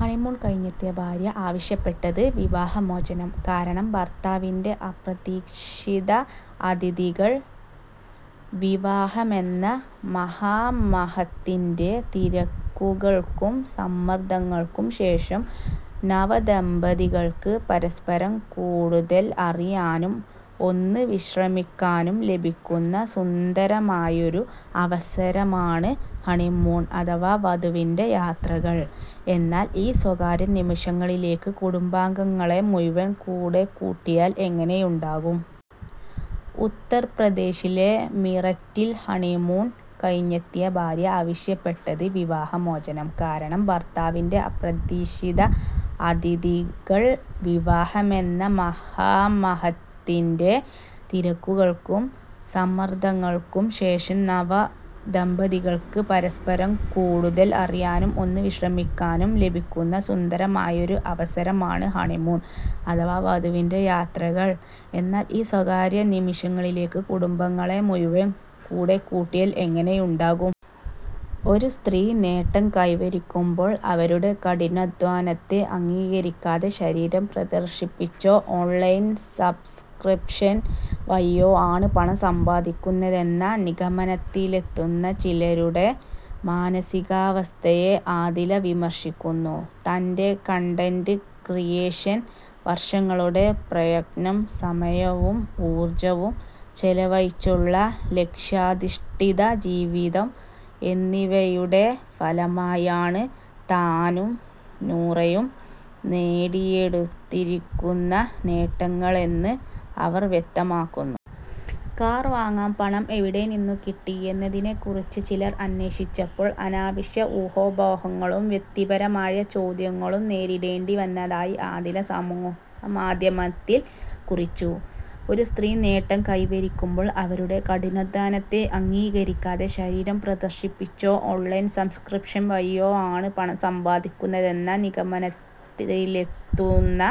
Honeymoon കഴിഞ്ഞെത്തിയ ഭാര്യ ആവശ്യപ്പെട്ടത് വിവാഹമോചനം! കാരണം ഭർത്താവിന്റെ അപ്രതീക്ഷിത അതിഥികൾ വിവാഹമെന്ന മഹാമഹത്തിന്റെ തിരക്കുകൾക്കും സമ്മർദങ്ങൾക്കും ശേഷം നവദമ്പതികൾക്ക് പരസ്പരം കൂടുതൽ അറിയാനും, ഒന്ന് വിശ്രമിക്കാനും ലഭിക്കുന്ന സുന്ദരമായൊരു അവസരമാണ് ഹണിമൂൺ അഥവാ മധുവിധു യാത്രകൾ. എന്നാൽ, ഈ സ്വകാര്യ നിമിഷങ്ങളിലേക്ക് കുടുംബാംഗങ്ങളെ മുഴുവൻ കൂടെക്കൂട്ടിയാൽ എങ്ങനെയുണ്ടാകും? ഉത്തർപ്രദേശിലെ മീററ്റിൽ ഹണിമൂൺ കഴിഞ്ഞെത്തിയ ഭാര്യ ആവശ്യപ്പെട്ടത് വിവാഹമോചനം! കാരണം ഭർത്താവിന്റെ അപ്രതീക്ഷിത അതിഥികൾ വിവാഹമെന്ന മഹാമഹത്തിന്റെ തിരക്കുകൾക്കും സമ്മർദങ്ങൾക്കും ശേഷം നവദമ്പതികൾക്ക് പരസ്പരം കൂടുതൽ അറിയാനും, ഒന്ന് വിശ്രമിക്കാനും ലഭിക്കുന്ന സുന്ദരമായൊരു അവസരമാണ് ഹണിമൂൺ അഥവാ മധുവിധു യാത്രകൾ. എന്നാൽ, ഈ സ്വകാര്യ നിമിഷങ്ങളിലേക്ക് കുടുംബാംഗങ്ങളെ മുഴുവൻ കൂടെക്കൂട്ടിയാൽ എങ്ങനെയുണ്ടാകും? ഒരു സ്ത്രീ നേട്ടം കൈവരിക്കുമ്പോൾ അവരുടെ കഠിനാധ്വാനത്തെ അംഗീകരിക്കാതെ, ശരീരം പ്രദർശിപ്പിച്ചോ ഓൺലൈൻ സബ്സ്ക്രിപ്ഷൻ വഴിയോ ആണ് പണം സമ്പാദിക്കുന്നതെന്ന നിഗമനത്തിലെത്തുന്ന ചിലരുടെ മാനസികാവസ്ഥയെ ആദില വിമർശിക്കുന്നു. തന്റെ കണ്ടന്റ് ക്രിയേഷൻ, വർഷങ്ങളുടെ പ്രയത്നം, സമയവും ഊർജ്ജവും ചെലവഴിച്ചുള്ള ലക്ഷ്യാധിഷ്ഠിത ജീവിതം എന്നിവയുടെ ഫലമായാണ് താനും നൂറയും നേടിയെടുത്തിരിക്കുന്ന നേട്ടങ്ങളെന്ന് അവർ വ്യക്തമാക്കുന്നു. കാർ വാങ്ങാൻ പണം എവിടെനിന്നുകിട്ടി എന്നതിനെക്കുറിച്ച് ചിലർ അന്വേഷിച്ചപ്പോൾ, അനാവശ്യ ഊഹാപോഹങ്ങളും വ്യക്തിപരമായ ചോദ്യങ്ങളും നേരിടേണ്ടി വന്നതായി ആദില സമൂഹമാധ്യമത്തിൽ കുറിച്ചു. ഒരു സ്ത്രീ നേട്ടം കൈവരിക്കുമ്പോൾ അവരുടെ കഠിനാധ്വാനത്തെ അംഗീകരിക്കാതെ, ശരീരം പ്രദർശിപ്പിച്ചോ ഓൺലൈൻ സബ്സ്ക്രിപ്ഷൻ വഴിയോ ആണ് പണം സമ്പാദിക്കുന്നതെന്ന നിഗമനത്തിലെത്തുന്ന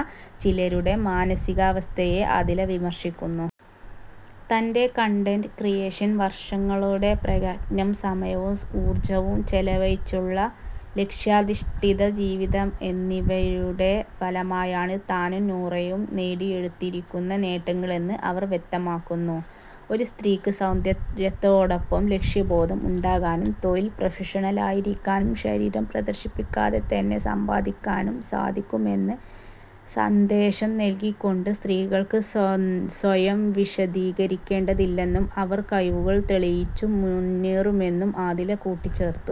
ചിലരുടെ മാനസികാവസ്ഥയെ ആദില വിമർശിക്കുന്നു. തന്റെ കണ്ടന്റ് ക്രിയേഷൻ, വർഷങ്ങളുടെ പ്രയത്നം, സമയവും ഊർജ്ജവും ചെലവഴിച്ചുള്ള ലക്ഷ്യാധിഷ്ഠിത ജീവിതം എന്നിവയുടെ ഫലമായാണ് താനും നൂറയും നേടിയെടുത്തിരിക്കുന്ന നേട്ടങ്ങളെന്ന് അവർ വ്യക്തമാക്കുന്നു. ഒരു സ്ത്രീക്ക് സൗന്ദര്യത്തോടൊപ്പം ലക്ഷ്യബോധം ഉണ്ടാകാനും, തൊഴിലിൽ പ്രൊഫഷണലായിരിക്കാനും, ശരീരം പ്രദർശിപ്പിക്കാതെ തന്നെ സമ്പാദിക്കാനും സാധിക്കുമെന്ന സന്ദേശം നൽകിക്കൊണ്ട്, സ്ത്രീകൾക്ക് സ്വയം വിശദീകരിക്കേണ്ടതില്ലെന്നും അവരുടെ കഴിവുകൾ തെളിയിച്ചു മുന്നേറുമെന്നും ആദില കൂട്ടിച്ചേർത്തു.